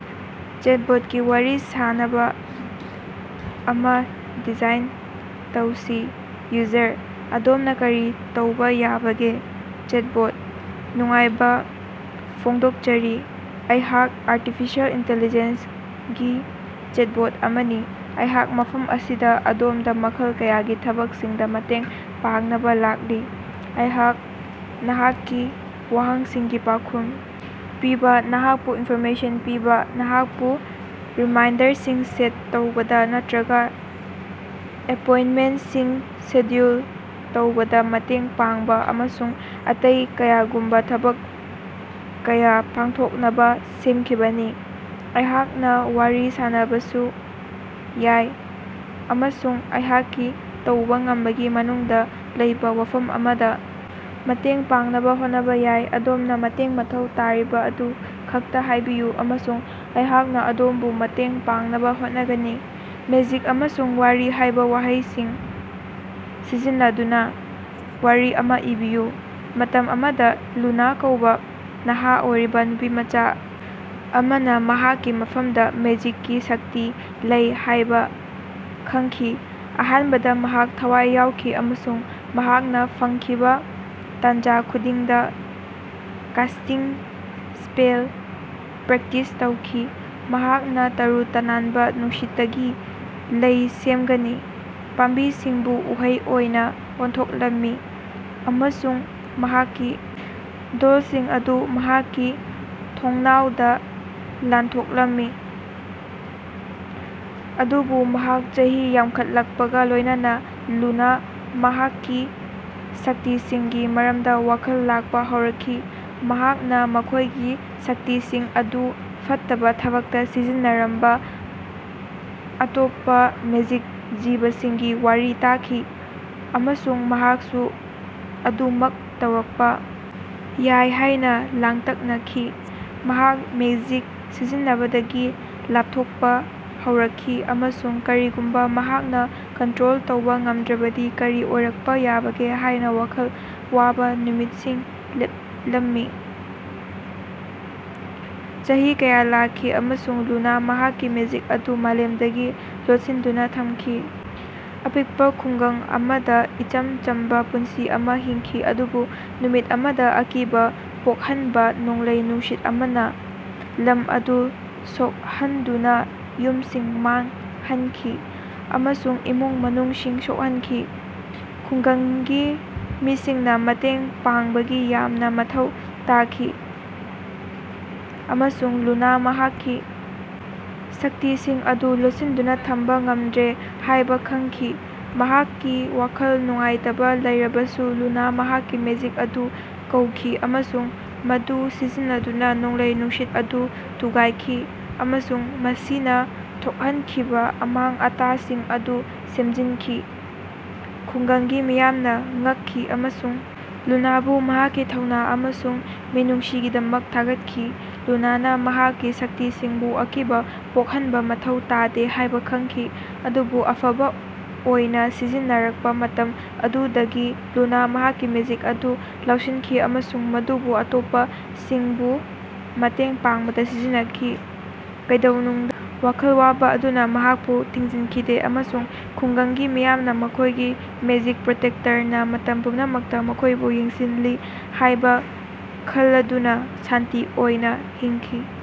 ꯆꯦꯠꯕꯣꯠꯀꯤ ꯋꯥꯔꯤ ꯁꯥꯅꯕꯥ ꯑꯃꯥ ꯗꯤꯖꯥꯏꯟ ꯇꯧꯁꯤ꯫ ꯌꯨꯖꯔ: ꯑꯗꯣꯝꯅꯥ ꯀꯔꯤ ꯇꯧꯕꯥ ꯌꯥꯕꯒꯦ? ꯆꯦꯠꯕꯣꯠ: ꯅꯨꯡꯉꯥꯏꯕꯥ ꯐꯣꯡꯗꯣꯛꯆꯔꯤ, ꯑꯩꯍꯥꯛ ꯑꯔꯇꯤꯐꯤꯁꯦꯜ ꯏꯟꯇꯤꯂꯤꯖꯦꯟꯁꯒꯤ ꯆꯦꯠꯕꯣꯠ ꯑꯃꯅꯤ, ꯑꯩꯍꯥꯛ ꯃꯐꯝ ꯑꯁꯤꯗꯥ ꯑꯗꯣꯝꯗꯥ ꯃꯈꯜ ꯀꯌꯥꯒꯤ ꯊꯕꯛꯁꯤꯡꯗꯥ ꯃꯇꯦꯡ ꯄꯥꯡꯅꯕꯥ ꯂꯥꯛꯂꯤ꯫ ꯑꯩꯍꯥꯛ ꯅꯍꯥꯛꯀꯤ ꯋꯥꯍꯪꯁꯤꯡꯒꯤ ꯄꯥꯎꯈꯨꯝ ꯄꯤꯕꯥ, ꯅꯍꯥꯛꯄꯨ ꯏꯟꯐꯣꯔꯃꯦꯁꯟ ꯄꯤꯕꯥ, ꯅꯍꯥꯛꯄꯨ ꯔꯤꯃꯥꯏꯟꯗꯔꯁꯤꯡ ꯁꯦꯠ ꯇꯧꯕꯗꯥ ꯅꯠꯇ꯭ꯔꯒꯥ ꯑꯦꯄꯣꯏꯟꯇꯃꯦꯟꯇꯁꯤꯡ ꯁꯦꯗ꯭ꯌꯨꯜ ꯇꯧꯕꯗꯥ ꯃꯇꯦꯡ ꯄꯥꯡꯕꯥ ꯑꯃꯁꯨꯡ ꯑꯇꯩ ꯀꯌꯥꯒꯨꯝꯕꯥ ꯊꯕꯛ ꯀꯌꯥ ꯄꯥꯡꯊꯣꯛꯅꯕꯥ ꯁꯦꯝꯈꯤꯕꯅꯤ꯫ ꯑꯩꯍꯥꯛꯅꯥ ꯋꯥꯔꯤ ꯁꯥꯅꯕꯁꯨ ꯌꯥꯏ ꯑꯃꯁꯨꯡ ꯑꯩꯍꯥꯛꯀꯤ ꯇꯧꯕꯥ ꯉꯝꯕꯒꯤ ꯃꯅꯨꯡꯗꯥ ꯂꯩꯕꯥ ꯋꯥꯐꯝ ꯑꯃꯗꯥ ꯃꯇꯦꯡ ꯄꯥꯡꯅꯕꯥ ꯍꯣꯠꯅꯕꯥ ꯌꯥꯏ꯫ ꯑꯗꯣꯝꯅꯥ ꯃꯇꯦꯡ ꯃꯊꯧ ꯇꯥꯔꯤꯕꯥ ꯑꯗꯨ ꯈꯛꯇꯥ ꯍꯥꯏꯕꯤꯌꯨ ꯑꯃꯁꯨꯡ ꯑꯩꯍꯥꯛꯅꯥ ꯑꯗꯣꯝꯕꯨ ꯃꯇꯦꯡ ꯄꯥꯡꯅꯕꯥ ꯍꯣꯠꯅꯒꯅꯤ꯫ ꯃꯦꯖꯤꯛ ꯑꯃꯁꯨꯡ ꯋꯥꯔꯤ ꯍꯥꯏꯕꯥ ꯋꯥꯍꯩꯁꯤꯡ ꯁꯤꯖꯤꯟꯅꯗꯨꯅꯥ ꯋꯥꯔꯤ ꯑꯃꯥ ꯏꯕꯤꯌꯨ꯫ ꯃꯇꯝ ꯑꯃꯗꯥ ꯂꯨꯅꯥ ꯀꯧꯕꯥ ꯅꯍꯥ ꯑꯣꯏꯔꯤꯕꯥ ꯅꯨꯄꯤꯃꯆꯥ ꯑꯃꯅꯥ ꯃꯍꯥꯛꯀꯤ ꯃꯐꯝꯗꯥ ꯃꯦꯖꯤꯛꯀꯤ ꯁꯛꯇꯤ ꯂꯩ ꯍꯥꯏꯕꯥ ꯈꯪꯈꯤ꯫ ꯑꯍꯥꯟꯕꯗꯥ ꯃꯍꯥꯛ ꯊꯋꯥꯏ ꯌꯥꯎꯈꯤ ꯑꯃꯁꯨꯡ ꯃꯍꯥꯛꯅꯥ ꯐꯪꯈꯤꯕꯥ ꯇꯥꯟꯖꯥ ꯈꯨꯗꯤꯡꯗꯥ ꯀꯥꯁꯇꯤꯡ ꯁ꯭ꯄꯦꯜ ꯄ꯭ꯔꯦꯛꯇꯤꯁ ꯇꯧꯈꯤ꯫ ꯃꯍꯥꯛꯅꯥ ꯇꯔꯨ ꯇꯅꯥꯟꯕꯥ ꯅꯨꯡꯁꯤꯠꯇꯒꯤ ꯂꯩ ꯁꯦꯝꯒꯅꯤ, ꯄꯥꯝꯕꯤꯁꯤꯡꯕꯨ ꯎꯍꯩ ꯑꯣꯏꯅꯥ ꯑꯣꯟꯊꯣꯛꯂꯝꯃꯤ ꯑꯃꯁꯨꯡ ꯃꯍꯥꯛꯀꯤ ꯗꯣꯜꯁꯤꯡ ꯑꯗꯨ ꯃꯍꯥꯛꯀꯤ ꯊꯣꯡꯅꯥꯎꯗꯥ ꯂꯥꯟꯊꯣꯛꯂꯝꯃꯤ꯫ ꯑꯗꯨꯕꯨ ꯃꯍꯥꯛ ꯆꯍꯤ ꯌꯥꯝꯈꯠꯂꯛꯄꯒꯥ ꯂꯣꯏꯅꯅꯥ ꯂꯨꯅꯥ ꯃꯍꯥꯛꯀꯤ ꯁꯛꯇꯤꯁꯤꯡꯒꯤ ꯃꯔꯝꯗꯥ ꯋꯥꯈꯜ ꯂꯥꯛꯄꯥ ꯍꯧꯔꯛꯈꯤ꯫ ꯃꯍꯥꯛꯅꯥ ꯃꯈꯣꯏꯒꯤ ꯁꯛꯇꯤꯁꯤꯡ ꯑꯗꯨ ꯐꯠꯇꯕꯥ ꯊꯕꯛꯇꯥ ꯁꯤꯖꯤꯟꯅꯔꯝꯕꯥ ꯑꯇꯣꯞꯄꯥ ꯃꯦꯖꯤꯛ ꯖꯤꯕꯁꯤꯡꯒꯤ ꯋꯥꯔꯤ ꯇꯥꯈꯤ ꯑꯃꯁꯨꯡ ꯃꯍꯥꯛꯁꯨ ꯑꯗꯨꯃꯛ ꯇꯧꯔꯛꯄꯥ ꯌꯥꯏ ꯍꯥꯏꯅꯥ ꯂꯥꯡꯇꯛꯅꯈꯤ꯫ ꯃꯍꯥꯛ ꯃꯦꯖꯤꯛ ꯁꯤꯖꯤꯟꯅꯕꯗꯒꯤ ꯂꯥꯞꯊꯣꯛꯄꯥ ꯍꯧꯔꯛꯈꯤ ꯑꯃꯁꯨꯡ ꯀꯔꯤꯒꯨꯝꯕꯥ ꯃꯍꯥꯛꯅꯥ ꯀꯟꯇ꯭ꯔꯣꯜ ꯇꯧꯕꯥ ꯉꯝꯗ꯭ꯔꯕꯗꯤ ꯀꯔꯤ ꯑꯣꯏꯔꯛꯄꯥ ꯌꯥꯕꯒꯦ ꯍꯥꯏꯅꯥ ꯋꯥꯈꯜ ꯋꯥꯕꯥ ꯅꯨꯃꯤꯠꯁꯤꯡ ꯂꯦꯞꯂꯝꯃꯤ꯫ ꯆꯍꯤ ꯀꯌꯥ ꯂꯥꯛꯈꯤ ꯑꯃꯁꯨꯡ ꯂꯨꯅꯥ ꯃꯍꯥꯛꯀꯤ ꯃꯦꯖꯤꯛ ꯑꯗꯨ ꯃꯥꯂꯦꯝꯗꯒꯤ ꯂꯣꯠꯁꯤꯟꯗꯨꯅꯥ ꯊꯝꯈꯤ, ꯑꯄꯤꯛꯄꯥ ꯈꯨꯡꯒꯪ ꯑꯃꯗꯥ ꯏꯆꯝ ꯆꯝꯕꯥ ꯄꯨꯟꯁꯤ ꯑꯃꯥ ꯍꯤꯡꯈꯤ꯫ ꯑꯗꯨꯕꯨ ꯅꯨꯃꯤꯠ ꯑꯃꯗꯥ ꯑꯀꯤꯕꯥ ꯄꯣꯛꯍꯟꯕꯥ ꯅꯣꯡꯂꯩ-ꯅꯨꯡꯁꯤꯠ ꯑꯃꯅꯥ ꯂꯝ ꯑꯗꯨ ꯁꯣꯛꯍꯟꯗꯨꯅꯥ ꯌꯨꯝꯁꯤꯡ ꯃꯥꯡꯍꯟꯈꯤ ꯑꯃꯁꯨꯡ ꯏꯃꯨꯡ-ꯃꯅꯨꯡꯁꯤꯡ ꯁꯣꯛꯍꯟꯈꯤ꯫ ꯈꯨꯡꯒꯪꯒꯤ ꯃꯤꯁꯤꯡꯅꯥ ꯃꯇꯦꯡ ꯄꯥꯡꯕꯒꯤ ꯌꯥꯝꯅꯥ ꯃꯊꯧ ꯇꯥꯈꯤ ꯑꯃꯁꯨꯡ ꯂꯨꯅꯥ ꯃꯍꯥꯛꯀꯤ ꯁꯛꯇꯤꯁꯤꯡ ꯑꯗꯨ ꯂꯣꯠꯁꯤꯟꯗꯨꯅꯥ ꯊꯝꯕꯥ ꯉꯝꯗ꯭ꯔꯦ ꯍꯥꯏꯕꯥ ꯈꯪꯈꯤ꯫ ꯃꯍꯥꯛꯀꯤ ꯋꯥꯈꯜ ꯅꯨꯡꯉꯥꯏꯇꯕꯥ ꯂꯩꯔꯕꯁꯨ ꯂꯨꯅꯥ ꯃꯍꯥꯛꯀꯤ ꯃꯦꯖꯤꯛ ꯑꯗꯨ ꯀꯧꯈꯤ ꯑꯃꯁꯨꯡ ꯃꯗꯨ ꯁꯤꯖꯤꯟꯅꯗꯨꯅꯥ ꯅꯣꯡꯂꯩ ꯅꯨꯡꯁꯤꯠ ꯑꯗꯨ ꯊꯨꯒꯥꯏꯈꯤ ꯑꯃꯁꯨꯡ ꯃꯁꯤꯅꯥ ꯊꯣꯛꯍꯟꯈꯤꯕꯥ ꯑꯃꯥꯡ-ꯑꯇꯥꯁꯤꯡ ꯑꯗꯨ ꯁꯦꯝꯖꯤꯟꯈꯤ꯫ ꯈꯨꯡꯒꯪꯒꯤ ꯃꯤꯌꯥꯝꯅꯥ ꯉꯛꯈꯤ ꯑꯃꯁꯨꯡ ꯂꯨꯅꯥꯕꯨ ꯃꯍꯥꯛꯀꯤ ꯊꯧꯅꯥ ꯑꯃꯁꯨꯡ ꯃꯤꯅꯨꯡꯁꯤꯒꯤꯗꯃꯛ ꯊꯥꯒꯠꯈꯤ꯫ ꯂꯨꯅꯥꯅꯥ ꯃꯍꯥꯛꯀꯤ ꯁꯛꯇꯤꯁꯤꯡꯕꯨ ꯑꯀꯤꯕꯥ ꯄꯣꯛꯍꯟꯕꯥ ꯃꯊꯧ ꯇꯥꯗꯦ ꯍꯥꯏꯕꯥ ꯈꯪꯈꯤ, ꯑꯗꯨꯕꯨ ꯑꯐꯕꯥ ꯑꯣꯏꯅꯥ ꯁꯤꯖꯤꯟꯅꯔꯛꯄꯥ ꯃꯇꯝ ꯑꯗꯨꯗꯒꯤ ꯂꯨꯅꯥ ꯃꯍꯥꯛꯀꯤ ꯃꯦꯖꯤꯛ ꯑꯗꯨ ꯂꯧꯁꯤꯟꯈꯤ ꯑꯃꯁꯨꯡ ꯃꯗꯨꯕꯨ ꯑꯇꯣꯞꯄꯁꯤꯡꯕꯨ ꯃꯇꯦꯡ ꯄꯥꯡꯕꯗꯥ ꯁꯤꯖꯤꯟꯅꯈꯤ, ꯀꯩꯗꯧꯅꯨꯡꯗꯥ ꯋꯥꯈꯜ ꯋꯥꯕꯥ ꯑꯗꯨꯅꯥ ꯃꯍꯥꯛꯄꯨ ꯊꯤꯡꯖꯤꯟꯈꯤꯗꯦ꯫ ꯑꯃꯁꯨꯡ ꯈꯨꯡꯒꯪꯒꯤ ꯃꯤꯌꯥꯝꯅꯥ ꯃꯈꯣꯏꯒꯤ ꯃꯦꯖꯤꯛ ꯄ꯭ꯔꯣꯇꯦꯛꯇꯔꯅꯥ ꯃꯇꯝ ꯄꯨꯝꯅꯃꯛꯇꯥ ꯃꯈꯣꯏꯕꯨ ꯌꯦꯡꯁꯤꯜꯂꯤ ꯍꯥꯏꯕꯥ ꯈꯜꯂꯗꯨꯅꯥ ꯁꯥꯟꯇꯤ ꯑꯣꯏꯅꯥ ꯍꯤꯡꯈꯤ꯫